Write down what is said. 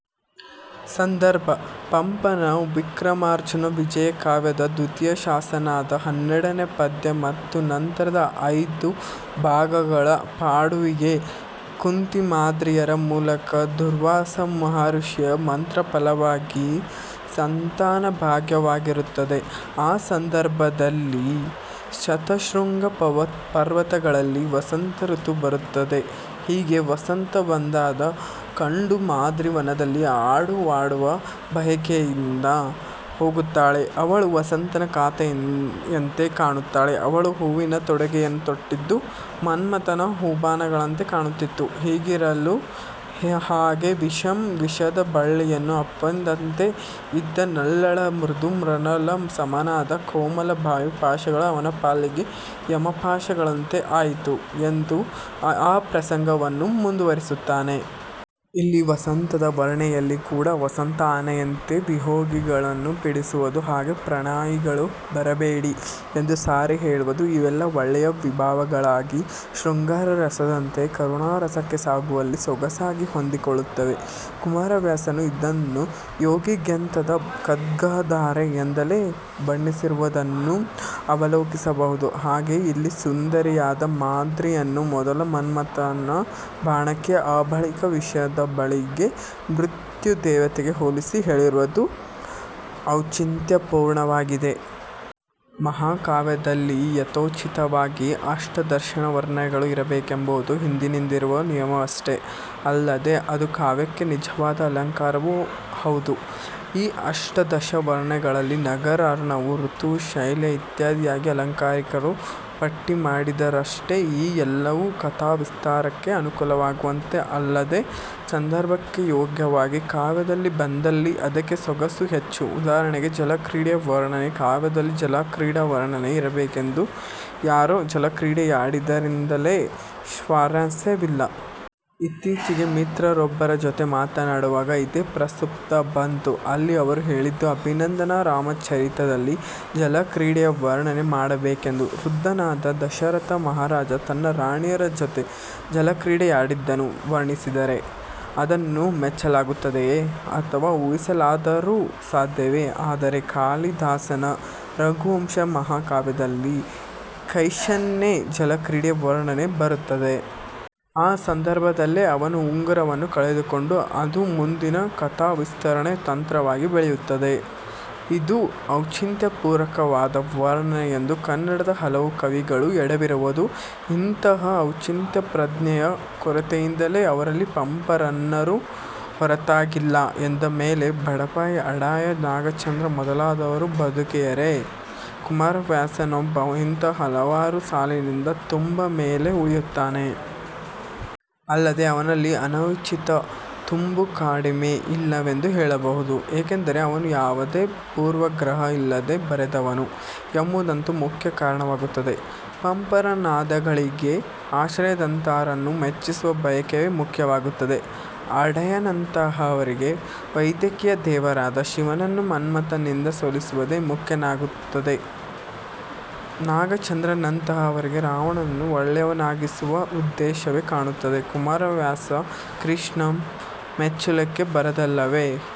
ಸಂದರ್ಭ: ಪಂಪನ ವಿಕ್ರಮಾರ್ಜುನ ವಿಜಯ ಕಾವ್ಯದ ದ್ವಿತೀಯಾಶ್ವಾಸದ ಹನ್ನೆರಡನೆಯ ಪದ್ಯ ಮತ್ತು ನಂತರದ ಆಯ್ದ ಭಾಗಗಳು- ಪಾಂಡುವಿಗೆ ಕುಂತಿಮಾದ್ರಿಯರ ಮೂಲಕ ದೂರ್ವಾಸ ಮಹರ್ಷಿಯ ಮಂತ್ರಫಲವಾಗಿ ಸಂತಾನಭಾಗ್ಯವಾಗಿರುತ್ತದೆ. ಆ ಸಂದರ್ಭದಲ್ಲಿ ಶತಶೃಂಗ ಪರ್ವತಗಳಲ್ಲಿ ವಸಂತ ಋತು ಬರುತ್ತದೆ. ಹೀಗೆ ವಸಂತ ಬಂದದ್ದು ಕಂಡು ಮಾದ್ರಿ ವನದಲ್ಲಿ ಆಟವಾಡುವ ಬಯಕೆಯಿಂದ ಹೋಗುತ್ತಾಳೆ ಅವಳು ವಸಂತನ ಕಾಂತೆಯಂತೆ ಕಾಣುತ್ತಾಳೆ ಅವಳು ಹೂವಿನ ತೊಡುಗೆಯನ್ನೇ ತೊಟ್ಟಿದ್ದು ಮನ್ಮಥನ ಹೂಬಾಣಗಳಂತೆ ಕಾಣುತ್ತಿತ್ತು ಹೀಗಿರಲು ಹಾಗೆ ವಿಷಮ ವಿಷದ ಬಳ್ಳಿಯನ್ನು ಅಪ್ಪಿದಂತೆ ಇದ್ದ ನಲ್ಲಳ ಮೃದು ಮೃಣಾಲ ಸಮನಾದ ಕೋಮಲ ಬಾಹುಪಾಶಗಳೇ ಅವನ ಪಾಲಿಗೆ ಯಮಪಾಶಗಳಂತೆ ಆಯಿತು ಎಂದು ಆ ಪ್ರಸಂಗವನ್ನು ಮುಂದುವರೆಸುತ್ತಾನೆ. ಇಲ್ಲಿ ವಸಂತದ ವರ್ಣನೆಯಲ್ಲಿ ಕೂಡ ವಸಂತ ಆನೆಯಂತೆ ವಿಯೋಗಿಗಳನ್ನು ಪೀಡಿಸುವುದು ಹಾಗೇ ಪ್ರಣಯಿಗಳು ಬರಬೇಡಿ ಎಂದು ಸಾರಿ ಹೇಳುವುದು ಇವೆಲ್ಲ ಒಳ್ಳೆಯ ವಿಭಾವಗಳಾಗಿ ಶೃಂಗಾರ ರಸದಿಂದ ಕರುಣಾರಸಕ್ಕೆ ಸಾಗುವಲ್ಲಿ ಸೊಗಸಾಗಿ ಹೊಂದಿಕೊಳ್ಳುತ್ತವೆ.. ಕುಮಾರವ್ಯಾಸನೂ ಇದನ್ನು ಯೋಗಿಗೆತ್ತಿದ ಖದ್ಗಧಾರೆ ಎಂದೆಲ್ಲ ಬಣ್ಣಿಸಿರುವುದನ್ನು ಅವಲೋಕಿಸಬಹುದು. ಹಾಗೆಯೇ ಇಲ್ಲಿ ಸುಂದರಿಯಾದ ಮಾದ್ರಿಯನ್ನು ಮೊದಲು ಮನ್ಮಥನ ಬಾಣಕ್ಕೆ ಆಬಳಿಕ ವಿಷದ ಬಳ್ಳಿಗೆ ಮೃತ್ಯು ದೇವತೆಗೆ ಹೋಲಿಸಿ ಹೇಳಿರುವುದು ಔಚಿತ್ಯಪೂರ್ಣವಾಗಿದೆ. ಮಹಾಕಾವ್ಯದಲ್ಲಿ ಯಥೋಚಿತವಾಗಿ ಅಷ್ಟಾದಶವರ್ಣನೆಗಳು ಇರಬೇಕೆಂಬುದು ಹಿಂದಿನಿಂದಿರುವ ನಿಯಮವಷ್ಟೇ ಅಲ್ಲದೆ ಅದು ಕಾವ್ಯಕ್ಕೆ ನಿಜವಾದ ಅಲಂಕಾರವೂ ಅಹುದು. ಈ ಅಷ್ಟಾದಶ ವರ್ಣನೆಗಳಲ್ಲಿ ನಗರ, ಅರ್ಣವ, ಋತು, ಶೈಲ ಇತ್ಯಾದಿಯಾಗಿ ಆಲಂಕಾರಿಕರು ಪಟ್ಟಿ ಮಾಡಿದ್ದಾರಷ್ಟೆ. ಈ ಎಲ್ಲವೂ ಕಥಾವಿಸ್ತಾರಕ್ಕೆ ಅನುಕೂಲವಾಗುವಂತೆ ಅಲ್ಲದೇ ಸಂದರ್ಭಕ್ಕೆ ಯೋಗ್ಯವಾಗಿ ಕಾವ್ಯದಲ್ಲಿ ಬಂದಲ್ಲಿ ಅದಕ್ಕೆ ಸೊಗಸು ಹೆಚ್ಚು. ಉದಾಹರಣೆಗೆ ಜಲಕ್ರೀಡೆಯ ವರ್ಣನೆ- ಕಾವ್ಯದಲ್ಲಿ ಜಲಕ್ರೀಡಾ ವರ್ಣನೆ ಇರಬೇಕೆಂದು ಯಾರೋ ಜಲಕ್ರೀಡೆಯಾಡಿದರೆಂದಲ್ಲಿ ಸ್ವಾರಸ್ಯವಿಲ್ಲ. ಇತ್ತೀಚೆಗೆ ಮಿತ್ರರೊಬ್ಬರ ಜೊತೆ ಮಾತನಾಡುವಾಗ ಇದೇ ಪ್ರಸ್ತಾಪ ಬಂತು- ಅಲ್ಲಿ ಅವರು ಹೇಳಿದ್ದು-ಅಭಿನಂದನ ರಾಮಚರಿತದಲ್ಲಿ-ಜಲಕ್ರೀಡೆಯ ವರ್ಣನೆ ಮಾಡಬೇಕೆಂದು ವೃದ್ಧನಾದ ದಶರಥಮಹಾರಾಜ ತನ್ನ ರಾಣಿಯರ ಜೊತೆ ಜಲಕ್ರೀಡೆಯಾಡಿದ್ದನ್ನು ವರ್ಣಿಸಿದರೆ ಅದನ್ನು ಮೆಚ್ಚಲಾಗುತ್ತದೆಯೇ! ಅಥವಾ ಊಹಿಸಲಾದರೂ ಸಾಧ್ಯವೇ? ಆದರೆ ಕಾಲಿದಾಸನ ರಘುವಂಶ ಮಹಾಕಾವ್ಯದಲ್ಲಿ ಕೈಸನ್ನೆ ಜಲಕ್ರೀಡೆಯ ವರ್ಣನೆ ಬರುತ್ತದೆ. ಆ ಸಂದರ್ಭದಲ್ಲೇ ಅವನು ಉಂಗುರವನ್ನು ಕಳೆದುಕೊಂಡು ಅದು ಮುಂದಿನ ಕಥಾವಿಸ್ತರಣ ತಂತ್ರವಾಗಿ ಬೆಳೆಯುತ್ತದೆ. ಇದು ಔಚಿತ್ಯಪೂರ್ವಕವಾದ ವರ್ಣನೆ ಎಂದು. ಕನ್ನಡದ ಹಲವು ಕವಿಗಳು ಎಡವಿರುವುದು ಇಂತಹ ಔಚಿತ್ಯಪ್ರಜ್ಞೆಯ ಕೊರತೆಯಿಂದಲೇ, ಅವರಲ್ಲಿ ಪಂಪ ರನ್ನರೂ ಹೊರತಾಗಿಲ್ಲ ಎಂದಮೇಲೆ ಬಡಪಾಯಿ ಆಂಡಯ್ಯನಾಗಚಂದ್ರ ಮೊದಲಾದವರು ಬದುಕಿಯಾರೇ! ಕುಮಾರವ್ಯಾಸನೊಬ್ಬ ಇಂತಹ ಹಲವರ ಸಾಲಿನಿಂದ ತುಂಬಾ ಮೇಲೇ ಉಳಿಯುತ್ತಾನೆ. ಅಲ್ಲದೇ ಅವನಲ್ಲಿ ಅನೌಚಿತ್ಯ ತುಂಬಾ ಕಡಿಮೆ-ಇಲ್ಲವೆಂದೇ ಹೇಳಬಹುದು. ಏಕೆಂದರೆ ಅವನು ಯಾವುದೇ ಪೂರ್ವಾಗ್ರಹ ಇಲ್ಲದೇ ಬರೆದವನು ಎಂಬುದಂತೂ ಮುಖ್ಯ ಕಾರಣವಾಗುತ್ತದೆ. ಪಂಪರನ್ನಾದಿಗಳಿಗೆ ಆಶ್ರಯದಾತರನ್ನು ಮೆಚ್ಚಿಸುವ ಬಯಕೆಯೇ ಮುಖ್ಯವಾಗುತ್ತದೆ, ಆಂಡಯ್ಯನಂತಹವರಿಗೆ ವೈದಿಕದೇವರಾದ ಶಿವನನ್ನು ಮನ್ಮಥನಿಂದ ಸೋಲಿಸುವುದೇ ಮುಖ್ಯವಾಗುತ್ತದೆ. ನಾಗಚಂದ್ರನಂತಹವರಿಗೆ ರಾವಣನನ್ನು ಒಳ್ಳೆಯವನನ್ನಾಗಿಸುವ ಉದ್ದೇಶವೇ ಕಾಣುತ್ತದೆ. ಕುಮಾರವ್ಯಾಸ 'ಕೃಷ್ಣ ಮೆಚ್ಚಲಿಕೆ'ಬರೆದದ್ದಲ್ಲವೇ.